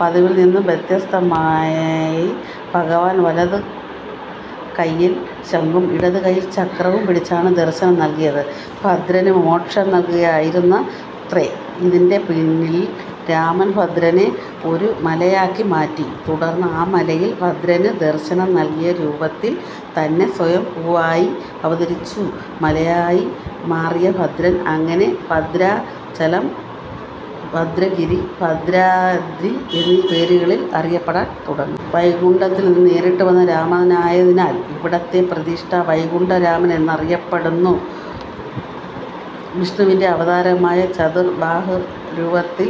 പതിവിൽ നിന്ന് വ്യത്യസ്തമായി ഭഗവാൻ വലതുകയ്യിൽ ശംഖും ഇടതുകയ്യിൽ ചക്രവും പിടിച്ചാണ് ദർശനം നൽകിയത്. ഭദ്രന് മോക്ഷം നൽകുകയായിരുന്നത്രേ ഇതിന്റെ പിന്നിൽ. രാമൻ ഭദ്രനെ ഒരു മലയാക്കി മാറ്റി. തുടർന്ന്, ആ മലയിൽ ഭദ്രന് ദർശനം നൽകിയ രൂപത്തിൽ തന്നെ സ്വയംഭൂവായി അവതരിച്ചു. മലയായി മാറിയ ഭദ്രൻ, അങ്ങനെ 'ഭദ്രാചലം', 'ഭദ്രഗിരി', 'ഭദ്രാദ്രി' എന്നീ പേരുകളിൽ അറിയപ്പെടാൻ തുടങ്ങി. വൈകുണ്ഠത്തിൽ നിന്ന് നേരിട്ടുവന്ന രാമനായതിനാൽ, ഇവിടത്തെ പ്രതിഷ്ഠ 'വൈകുണ്ഠ രാമൻ' എന്നറിയപ്പെടുന്നു. വിഷ്ണുവിന്റെ അവതാരമായി ചതുർബാഹുരൂപത്തിൽ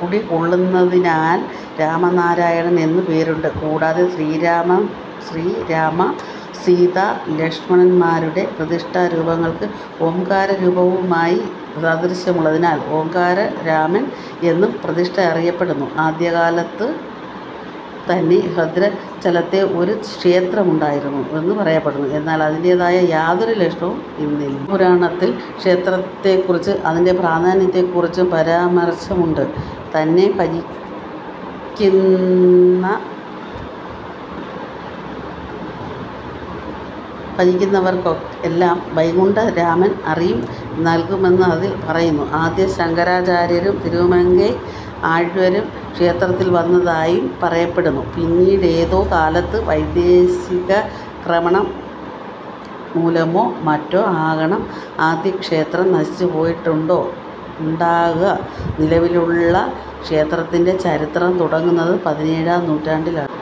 കുടികൊള്ളുന്നതിനാൽ 'രാമനാരായണൻ' എന്നും പേരുണ്ട്. കൂടാതെ, ശ്രീരാമ-സീതാ-ലക്ഷ്മണന്മാരുടെ പ്രതിഷ്ഠാരൂപങ്ങൾക്ക് ഓംകാരരൂപവുമായി സാദൃശ്യമുള്ളതിനാൽ, 'ഓംകാരരാമൻ' എന്നും പ്രതിഷ്ഠ അറിയപ്പെടുന്നു. ആദ്യകാലത്തുതന്നെ ഭദ്രാചലത്ത് ഒരു ക്ഷേത്രമുണ്ടായിരുന്നുവെന്ന് പറയപ്പെടുന്നു. എന്നാൽ, അതിന്റേതായ യാതൊരു ലക്ഷണവും ഇന്നില്ല. ബ്രഹ്മപുരാണത്തിൽ ക്ഷേത്രത്തെക്കുറിച്ചും അതിന്റെ പ്രാധാന്യത്തെക്കുറിച്ചും പരാമർശമുണ്ട്. തന്നെ ഭജിയ്ക്കുന്നവർക്കെല്ലാം വൈകുണ്ഠരാമൻ അറിവു നൽകുമെന്ന് അതിൽ പറയുന്നു. ആദി ശങ്കരാചാര്യരും തിരുമങ്കൈ ആഴ്വാരും ക്ഷേത്രത്തിൽ വന്നതായും പറയപ്പെടുന്നു. പിന്നീടേതോ കാലത്ത് വൈദേശികാക്രമണം മൂലമോ മറ്റോ ആകണം ആദ്യക്ഷേത്രം നശിച്ചുപോയിട്ടുണ്ടാകുക. നിലവിലുള്ള ക്ഷേത്രത്തിന്റെ ചരിത്രം തുടങ്ങുന്നത് പതിനേഴാം നൂറ്റാണ്ടിലാണ്.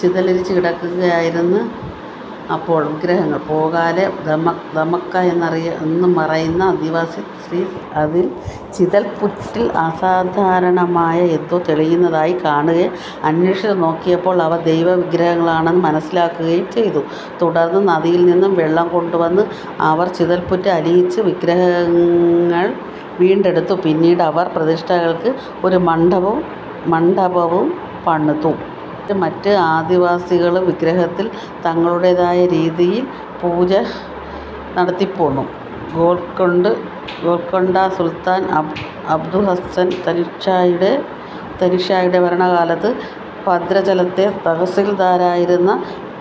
ചിതലരിച്ചുകിടക്കുകയായിരുന്നു അപ്പോൾ വിഗ്രഹങ്ങൾ. പോകാല ദമ്മക്ക എന്നുപറയുന്ന ആദിവാസി സ്ത്രീ ചിതൽപ്പുറ്റിൽ അസാധാരണമായ എന്തോ തെളിയുന്നതായി കാണുകയും അന്വേഷിച്ചുനോക്കിയപ്പോൾ അവ ദൈവവിഗ്രഹങ്ങളാണെന്ന് മനസ്സിലാക്കുകയും ചെയ്തു. തുടർന്ന്, നദിയിൽ നിന്ന് വെള്ളം കൊണ്ടുവന്ന് അവർ ചിതൽപ്പുറ്റ് അലിയിച്ച് വിഗ്രഹങ്ങൾ വീണ്ടെടുത്തു. പിന്നീട് അവർ പ്രതിഷ്ഠകൾക്ക് ഒരു മണ്ഡപവും പണിതു. അവരും മറ്റ് ആദിവാസികളും വിഗ്രഹത്തിൽ തങ്ങളുടേതായ രീതിയിൽ പൂജ നടത്തിപ്പോന്നു. ഗോൽക്കൊണ്ട സുൽത്താൻ അബ്ദുഹസ്സൻ താനിഷായുടെ ഭരണകാലത്ത്, ഭദ്രാചലത്തെ തഹസിൽദാരായിരുന്ന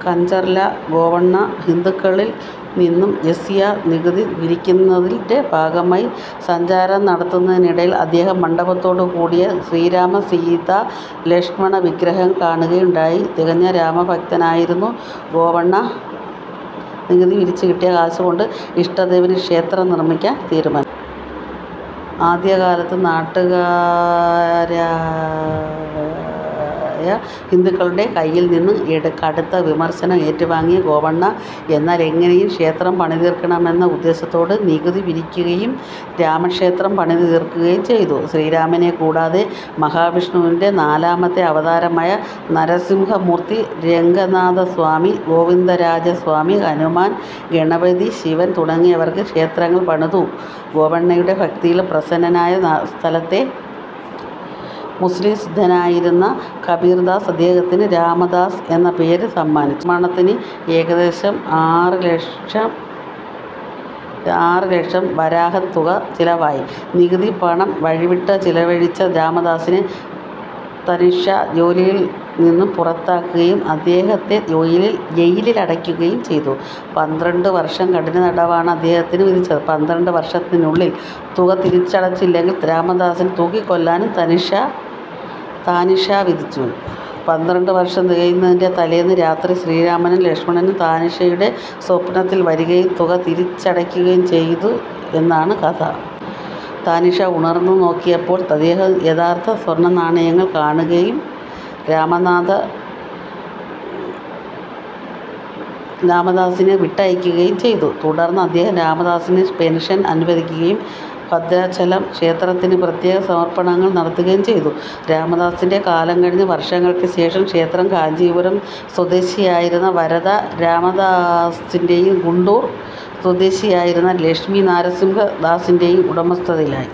കഞ്ചർല ഗോപണ്ണ ഹിന്ദുക്കളിൽ നിന്ന് ജസിയ നികുതി പിരിയ്ക്കുന്നതിന്റെ ഭാഗമായി സഞ്ചാരം നടത്തുന്നതിനിടയിൽ, അദ്ദേഹം മണ്ഡപത്തോടുകൂടിയ ശ്രീരാമ-സീതാ-ലക്ഷ്മണവിഗ്രഹങ്ങൾ കാണുകയുണ്ടായി. തികഞ്ഞ രാമഭക്തനായിരുന്ന ഗോപണ്ണ നികുതി പിരിച്ചുകിട്ടിയ കാശുകൊണ്ട് ഇഷ്ടദേവന് ക്ഷേത്രം നിർമ്മിയ്ക്കാൻ തീരുമാനിച്ചു. ആദ്യകാലത്ത് നാട്ടുകാരായ ഹിന്ദുക്കളുടെ കയ്യിൽ നിന്ന് കടുത്ത വിമർശനം ഏറ്റുവാങ്ങിയ ഗോപണ്ണ, എന്നാൽ എങ്ങനെയും ക്ഷേത്രം പണിതീർക്കണമെന്ന ഉദ്ദേശ്യത്തോടെ നികുതി പിരിയ്ക്കുകയും രാമക്ഷേത്രം പണിതുതീർക്കുകയും ചെയ്തു. ശ്രീരാമനെക്കൂടാതെ മഹാവിഷ്ണുവിന്റെ നാലാമത്തെ അവതാരമായ നരസിംഹമൂർത്തി, രംഗനാഥസ്വാമി, ഗോവിന്ദരാജസ്വാമി, ഹനുമാൻ, ഗണപതി, ശിവൻ തുടങ്ങിയവർക്കും ക്ഷേത്രങ്ങൾ പണിതു. ഗോപണ്ണയുടെ ഭക്തിയിൽ പ്രസന്നനായ സ്ഥലത്തെ മുസ്ലിം സിദ്ധനായിരുന്ന കബീർദാസ്, അദ്ദേഹത്തിന് 'രാമദാസ്' എന്ന പേര് സമ്മാനിച്ചു. ക്ഷേത്രനിർമ്മാണത്തിന് ഏകദേശം ആറുലക്ഷം വരാഹം തുക ചെലവായി. നികുതിപ്പണം വഴിവിട്ട് ചെലവഴിച്ച രാമദാസിനെ താനിഷാ ജോലിയിൽ നിന്ന് പുറത്താക്കുകയും അദ്ദേഹത്തെ ജയിലിൽ അടയ്ക്കുകയും ചെയ്തു. പന്ത്രണ്ടുവർഷം കഠിനതടവാണ് അദ്ദേഹത്തിന് വിധിച്ചത്. പന്ത്രണ്ടുവർഷത്തിനുള്ളിൽ തുക തിരിച്ചടച്ചില്ലെങ്കിൽ രാമദാസിനെ തൂക്കിക്കൊല്ലാനും താനിഷാ വിധിച്ചു. പന്ത്രണ്ടുവർഷം തികയുന്നതിന്റെ തലേന്ന് രാത്രി ശ്രീരാമനും ലക്ഷ്മണനും താനിഷായുടെ സ്വപ്നത്തിൽ വരികയും തുക തിരിച്ചടയ്ക്കുകയും ചെയ്തു എന്നാണ് കഥ. താനിഷാ ഉണർന്നുനോക്കിയപ്പോൾ അദ്ദേഹം യഥാർത്ഥ സ്വർണ്ണനാണയങ്ങൾ കാണുകയും രാമദാസിനെ വിട്ടയയ്ക്കുകയും ചെയ്തു. തുടർന്ന് അദ്ദേഹം രാമദാസിന് പെൻഷൻ അനുവദിയ്ക്കുകയും ഭദ്രാചലം ക്ഷേത്രത്തിന് പ്രത്യേക സമർപ്പണങ്ങൾ നടത്തുകയും ചെയ്തു. രാമദാസിന്റെ കാലം കഴിഞ്ഞ് വർഷങ്ങൾക്കുശേഷം, ക്ഷേത്രം കാഞ്ചീപുരം സ്വദേശിയായിരുന്ന വരദ രാമദാസിന്റെയും ഗുണ്ടൂർ സ്വദേശിയായിരുന്ന ലക്ഷ്മീനരസിംഹദാസിന്റെയും ഉടമസ്ഥതയിലായി.